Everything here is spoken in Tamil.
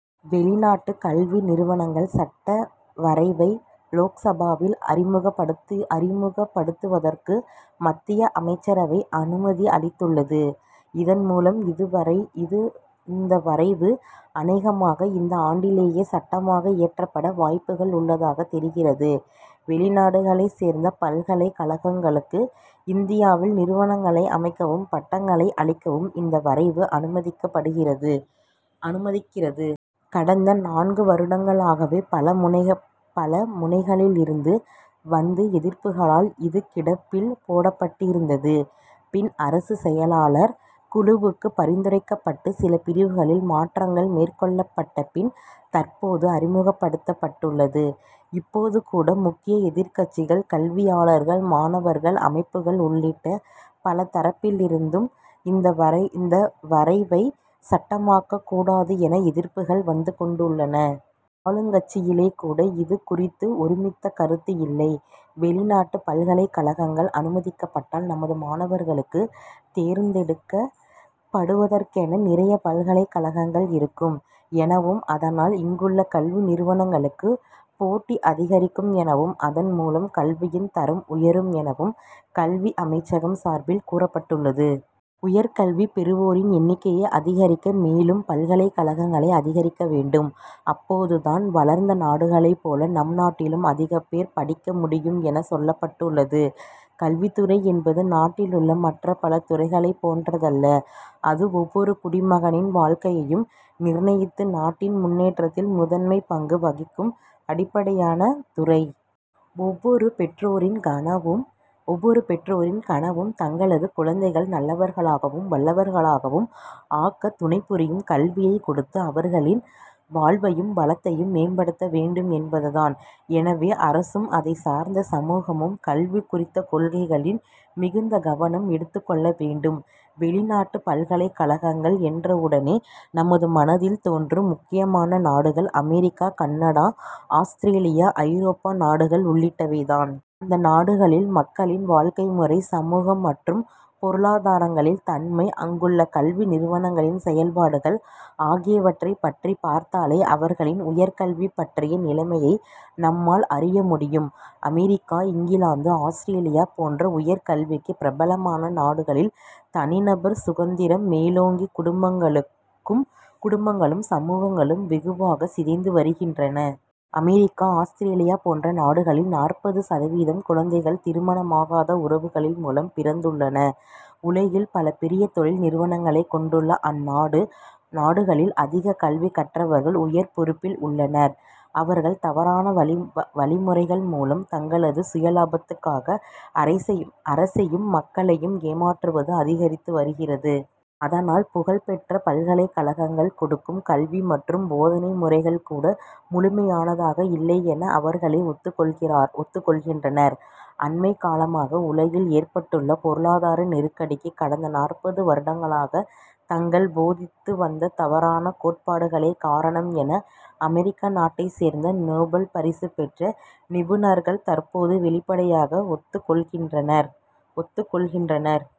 வெளிநாட்டுக் கல்வி நிறுவனங்கள் சட்ட வரைவை லோக்சபாவில் அறிமுகப்படுத்துவதற்கு மத்திய அமைச்சரவை அனுமதி அளித்துள்ளது. இதன் மூலம் இந்த வரைவு அனேகமாக இந்த ஆண்டிலேயே சட்டமாக இயற்றப்பட வாய்ப்புகள் உள்ளதாக தெரிகிறது. வெளிநாடுகளைச் சேர்ந்த பல்கலைக் கழகங்களுக்கு, இந்தியாவில் நிறுவனங்களை அமைக்கவும், பட்டங்களை அளிக்கவும் இந்த வரைவு அனுமதிக்கிறது. கடந்த நான்கு வருடங்களாகவே, பல முனைகளிலிருந்து வந்த எதிர்ப்புகளால் இது கிடப்பில் போடப்பட்டிருந்தது. பின் அரசு செயலர்கள் குழுவுக்கு பரிந்துரைக்கப்பட்டு சில பிரிவுகளில் மாற்றங்கள் மேற்கொள்ளப்பட்ட பின், தற்போது அறிமுகப்படுத்தப் பட்டுள்ளது. இப்போது கூட, முக்கிய எதிர்கட்சிகள், கல்வியாளர்கள், மாணவர்கள் அமைப்புகள் உள்ளிட்ட பல தரப்பிலிருந்தும் இந்த வரைவை சட்டமாக்கக் கூடாது என எதிர்ப்புகள் வந்து கொண்டுள்ளன. ஆளுங்கட்சியிலேயே கூட இது குறித்து ஒருமித்த கருத்து இல்லை. வெளிநாட்டுப் பல்கலைக்கழகங்கள் அனுமதிக்கப்பட்டால் நமது மாணவர்களுக்கு தேர்ந்தெடுக்கப் படுவதற்கென நிறைய பல்கலைக்கழகங்கள் இருக்கும் எனவும் அதனால் இங்குள்ள கல்வி நிறுவனங்களுக்கு, போட்டி அதிகரிக்கும் எனவும் அதன் மூலம் கல்வியின் தரம் உயரும் எனவும் கல்வி அமைச்சகம் சார்பில் கூறப்பட்டுள்ளது. உயர் கல்வி பெறுவோரின் எண்ணிக்கையை அதிகரிக்க மேலும் பல்கலைக்கழகங்களை அதிகரிக்க வேண்டும். அப்போது தான் வளர்ந்த நாடுகளைப் போல, நம் நாட்டிலும் அதிகம் பேர் படிக்க முடியும் என சொல்லப்பட்டுள்ளது. கல்வித்துறை என்பது நாட்டிலுள்ள மற்ற பல துறைகளைப் போன்றதல்ல. அது ஒவ்வொரு குடிமகனின் வாழ்க்கையையும் நிர்ணயித்து நாட்டின் முன்னேற்றத்தில் முதன்மையான பங்கு வகிக்கும் அடிப்படையான துறை. ஒவ்வொரு பெற்றோரின் கனவும், தங்களது குழந்தைகள் நல்லவர்களாகவும் வல்லவர்களாகவும் ஆக்க துணைபுரியும் கல்வியை கொடுத்து அவர்களின் வாழ்வையும் வளத்தையும் மேம்படுத்த வேண்டும் என்பதுதான். எனவே அரசும் அதைச்சார்ந்த சமூகமும், கல்வி குறித்த கொள்கைகளில் மிகுந்த கவனம் எடுத்துக் கொள்ள வேண்டும். வெளிநாட்டுப் பல்கலைக்கழகங்கள் என்றவுடனே நமது மனதில் தோன்றும் முக்கியமான நாடுகள் அமெரிக்கா, கனடா, ஆஸ்திரேலியா, ஐரோப்பா நாடுகள் உள்ளிட்டவைதான். அந்த நாடுகளில் மக்களின் வாழ்க்கை முறை, சமூக மற்றும் பொருளாதாரங்களின் தன்மை, அங்குள்ள கல்வி நிறுவனங்களின் செயல்பாடுகள் ஆகியவற்றை பற்றி பார்த்தாலே அவர்களின் உயர்கல்வி பற்றிய நிலைமையை நம்மால் அறிய முடியும். அமெரிக்கா, இங்கிலாந்து, ஆஸ்திரேலியா போன்ற உயர்கல்விக்கு பிரபலமான நாடுகளில் தனிநபர் சுதந்திரம் மேலோங்கி குடும்பங்களும், சமூகங்களும் வெகுவாக சிதைந்துவருகின்றன. அமெரிக்கா, ஆஸ்திரேலியா போன்ற நாடுகளில் நாற்பது சதவீதம் குழந்தைகள், திருமணமாகாத உறவுகளின் மூலம் பிறந்துள்ளன. உலகின் பல பெரிய தொழில் நிறுவனங்களைக் கொண்டுள்ள அந்த நாடுகளில் அதிக கல்வி கற்றவர்கள் உயர் பொறுப்பில் உள்ளனர். அவர்கள் தவறான வழிமுறைகள் மூலம் தங்களது சுயலாபத்துக்காக அரசையும், மக்களையும் ஏமாற்றுவது அதிகரித்து வருகிறது. அதனால் புகழ்பெற்ற பல்கலைக்கழகங்கள் கொடுக்கும் கல்வி மற்றும் போதனை முறைகள் கூட முழுமையானதாக இல்லையென அவர்களே ஒத்துக் கொள்கின்றனர். அண்மைக்காலமாக உலகில் ஏற்பட்டுள்ள பொருளாதார நெருக்கடிக்கு கடந்த நாற்பது வருடங்களாகத் தாங்கள் போதித்து வந்த தவறான கோட்பாடுகளே காரணம் என அமெரிக்கா நாட்டைச் சேர்ந்த நோபல் பரிசு பெற்ற, நிபுணர்கள் தற் போது வெளிப்படையாக ஒத்துக்கொள்கின்றனர்.